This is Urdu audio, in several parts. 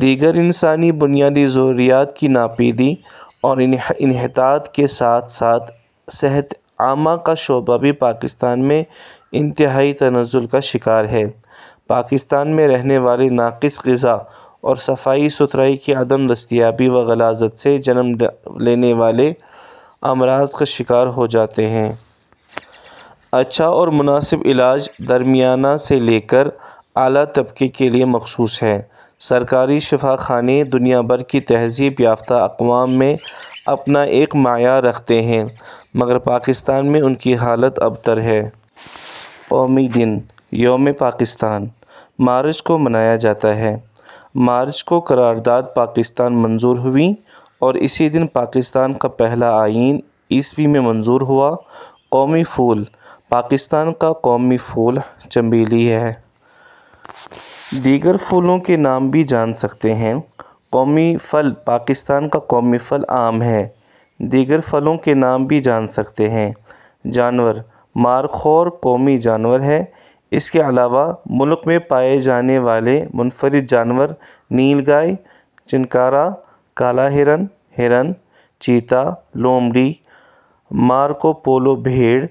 دیگر انسانی بنیادی ضروریات کی ناپیدی اور انحطاط کے ساتھ ساتھ صحت عامہ کا شعبہ بھی پاکستان میں انتہائی تنزل کا شکار ہے۔ پاکستان میں رہنے والے ناقص غذا اور صفائی ستھرائی کی عدم دستیابی و غلاظت سے جنم لینے والے امراض کا شکار ہو جاتے ہیں۔ اچھا اور مناسب علاج درمیانے سے لے کر اعلیٰ طبقے کے ليے مخصوص ہے۔ سرکاری شفاخانے دنیا بھر کی تہذیب یافتہ اقوام میں اپنا ایک معیار رکھتے ہیں مگر پاکستان میں ان کی حالت ابتر ہے۔ قومی دن – یوم پاکستان ، مارچ کو منایا جاتا ہے۔ مارچ کو قرار داد پاکستان منظور ہوئی اور اسی دن پاکستان کا پہلا آئین ء میں منظور ہوا۔ قومی پھول پاکستان کا قوی پھول چنبیلی ہے۔ دیگر پھولوں کے نام بھی جان سکتے ہیں۔ قومی پھل پاکستان کا قومی پھل آم ہے۔ دیگر پھلوں کے نام بھی جان سکتے ہیں۔ جانور – مارخور قومی جانور ہے۔ اس کے علاوہ ملک میں پائے جانے والے منفرد جانور نیل گائے ، چنکارہ ، کالا ہرن ، ہرن ، چیتا ، لومڑی ، مارکوپولو بھیڑ ،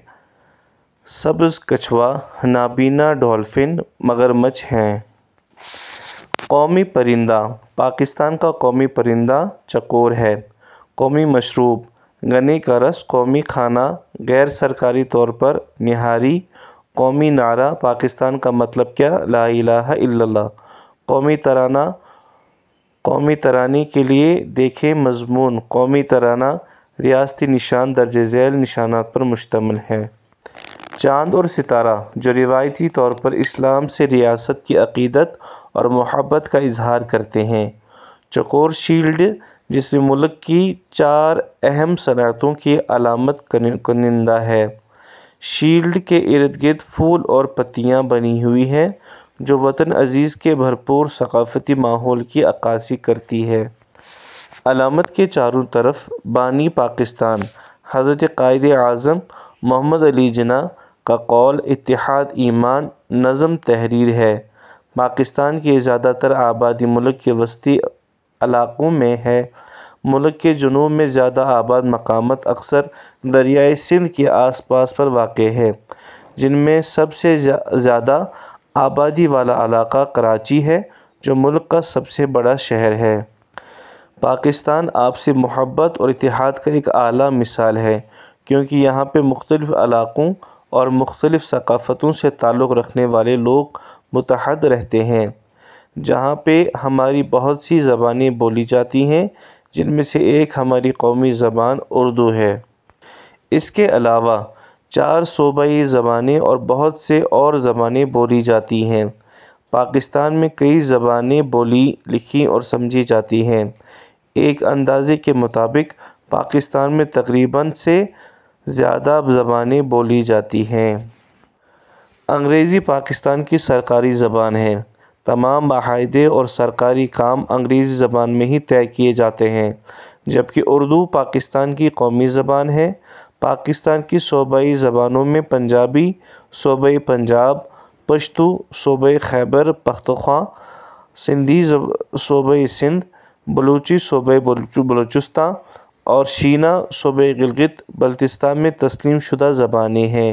سبز کچھوا ، نابینا ڈولفن ، مگرمچھ ہیں۔ قومی پرندہ پاکستان کا قومی پرندہ چکور ہے۔ قومی مشروب – گنے کا رس قومی کھانا غیر سرکاری طور پر نہاری ۔ قومی نعرہ پاکستان کا مطلب کیا؟ لَآ اِلٰہَ اِلَّا اللہُ قومی ترانہ قومی ترانے کے لیے دیکھیں مضمون قومی ترانہ ریاستی نشان درج ذیل نشانات پر مشتمل ہے۔ چاند اور ستارہ جو روایتی طور پر اسلام سے ریاست کی عقیدت اور محبت کا اظہار کرتے ہیں۔ چوکور شیلڈ جس میں ملک کی چار اہم صنعتوں کی علامت کندہ ہے۔ شیلڈ کے اردگرد پھول اور پتیاں بنی ہوئی ہیں جو وطن عزیز کے بھر پور ثقافتی ماحول کی عکاسی کرتی ہیں۔ علامت کے چاروں طرف بانی پاکستان حضرت قائد اعظم محمد علی جناح کا قول۔۔۔ اتحاد، ایمان، نظم تحریر ہے۔ پاکستان کی زیادہ تر آبادی ملک کی وسطی علاقوں میں ہے، ملک کے جنوب میں زیادہ آباد مقامات اکثر دریائے سندھ کے آس پاس پر واقع ہے جن میں سب سے زیادہ آبادی والا علاقہ کراچی ہے جو ملک کا سب سے بڑا شہر ہے۔ پاکستان آپسی محبت اور اتحاد کا ایک اعلیٰ مثال ہے کیونکہ یہاں پہ مختلف علاقوں اور مختلف ثقافتوں سے تعلق رکھنے والے لوگ متحد رہتے ہیں۔ جہاں پہ ہماری بہت سے زبانیں بولی جاتی ہیں جن میں سے ایک ہماری قومی زبان اردو ہے۔ اس کے علاوہ چار صوبائی زبانیں اور بہت سے اور زبانیں بولی جاتی ہیں۔ پاکستان میں کئیی زبانیں بولی، لکھی اور سمجھی جاتی ہیں۔ ایک اندازے کے مطابق پاکستان میں تقریباً سے زیادہ زبانیں بولی جاتی ہیں۔ انگریزی پاکستان کی سرکاری زبان ہے، تمام معاہدے اور سرکاری کام انگریزی زبان میں ہی طے کیے جاتے ہیں، جبکہ اردو پاکستان کی قومی زبان ہے۔ پاکستان کی صوبائی زبانوں میں پنجابی صوبہ پنجاب ، پشتو صوبہ خیبر پختونخوا ، سندھی صوبہ سندھ ، بلوچی صوبہ بلوچستان اور شینا صوبہ گلگت بلتستان میں تسلیم شدہ زبانیں ہیں۔